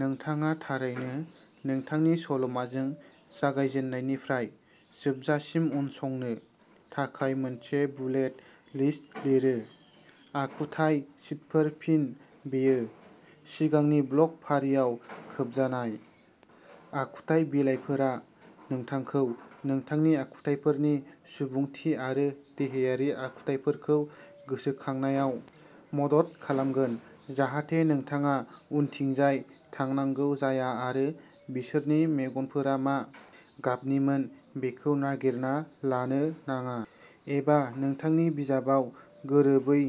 नोंथाङा थारैनो नोंथांनि सल'माजों जागायजेन्नायनिफ्राय जोबजासिम उनसंनो थाखाय मोनसे बुलेट लिस्ट लिरो। आखुथाइ शीटफोर-फिन, बेयो। सिगांनि ब्लग फारिआव खोबजानाय। आखुथाइ बिलाइफोरा नोंथांखौ नोंथांनि आखुथाइफोरनि सुबुंथि आरो देहायारि आखुथायफोरखौ गोसोखांनायाव मदद खालामगोन जाहाथे नोंथाङा उनथिंजाय थांनांगौ जाया आरो बिसोरनि मेगनफोरा मा गाबनिमोन बेखौ नागिरना लानो नाङा एबा नोंथांनि बिजाबाव गोरोबै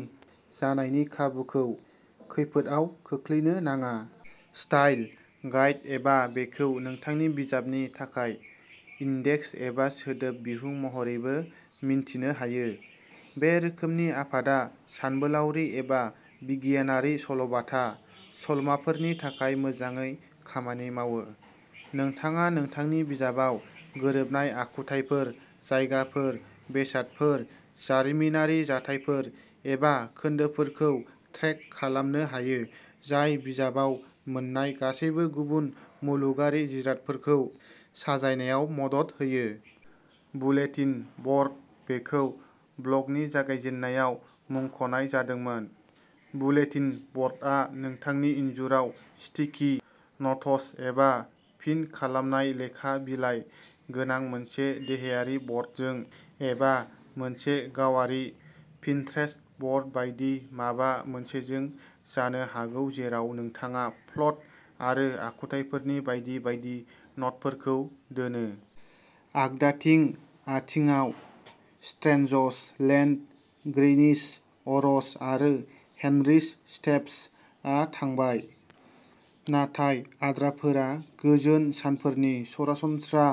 जानायनि खाबुखौ खैफोदआव खोख्लैनो नाङा। स्टाइल गाइड-एबा बेखौ नोंथांनि बिजाबनि थाखाय इन्डेक्स एबा सोदोब बिहुं महरैबो मिन्थिनो हायो। बे रोखोमनि आफादा सानबोलावरि एबा बिगियानारि सल'बाथा सल'माफोरनि थाखाय मोजाङै खामानि मावो। नोंथाङा नोंथांनि बिजाबाव गोरोबनाय आखुथायफोर, जायगाफोर, बेसादफोर, जारिमिनारि जाथायफोर एबा खोन्दोफोरखौ ट्रेक खालामनो हायो जाय बिजाबाव मोन्नाय गासैबो गुबुन मुलुगारि जिरादफोरखौ साजायनायाव मदद होयो। बुलेटिन बर्ड-बेखौ ब्लगनि जागायजेन्नायाव मुंख'नाय जादोंमोन। बुलेटिन बर्डआ नोंथांनि इनजुराव स्टिकि न'ट्स एबा पिन खालामनाय लेखा बिलाइ गोनां मोनसे देहायारि बर्डजों एबा मोनसे गावारि पिनट्रेस्ट बर्ड बायदि माबा मोनसेजों जानो हागौ जेराव नोंथाङा प्लट आरो आखुथाइफोरनि बायदि बायदि न'टफोरखौ दोनो। आगदाथिं, आथिंआव, "स्ट्रेन्ज'स लेन्ड", "ग्रैनी'स अर'स" आरो "हेनरी'स स्टेप्स" आ थांबाय, नाथाय आद्राफोरा गोजोन सानफोरनि सरासनस्रा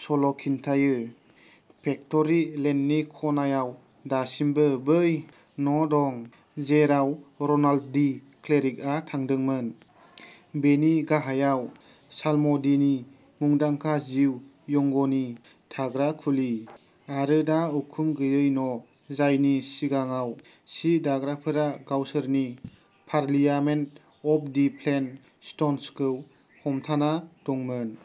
सल'खिन्थायो। फेक्टरि लेननि खनायाव दासिमबो बै न'दं जेराव र'नाल्ड दि क्लेरिकआ थादोंमोन; बेनि गाहायाव साल्म'डीनि मुंदांखा हिउ यंगनि थाग्रा खुलि; आरो दा उखुम गैयै न' जायनि सिगाङाव सि दाग्राफोरा गावसोरनि "पार्लियामेन्ट अफ दि प्लेन-स्ट'न्स" खौ हमथाना दंमोन।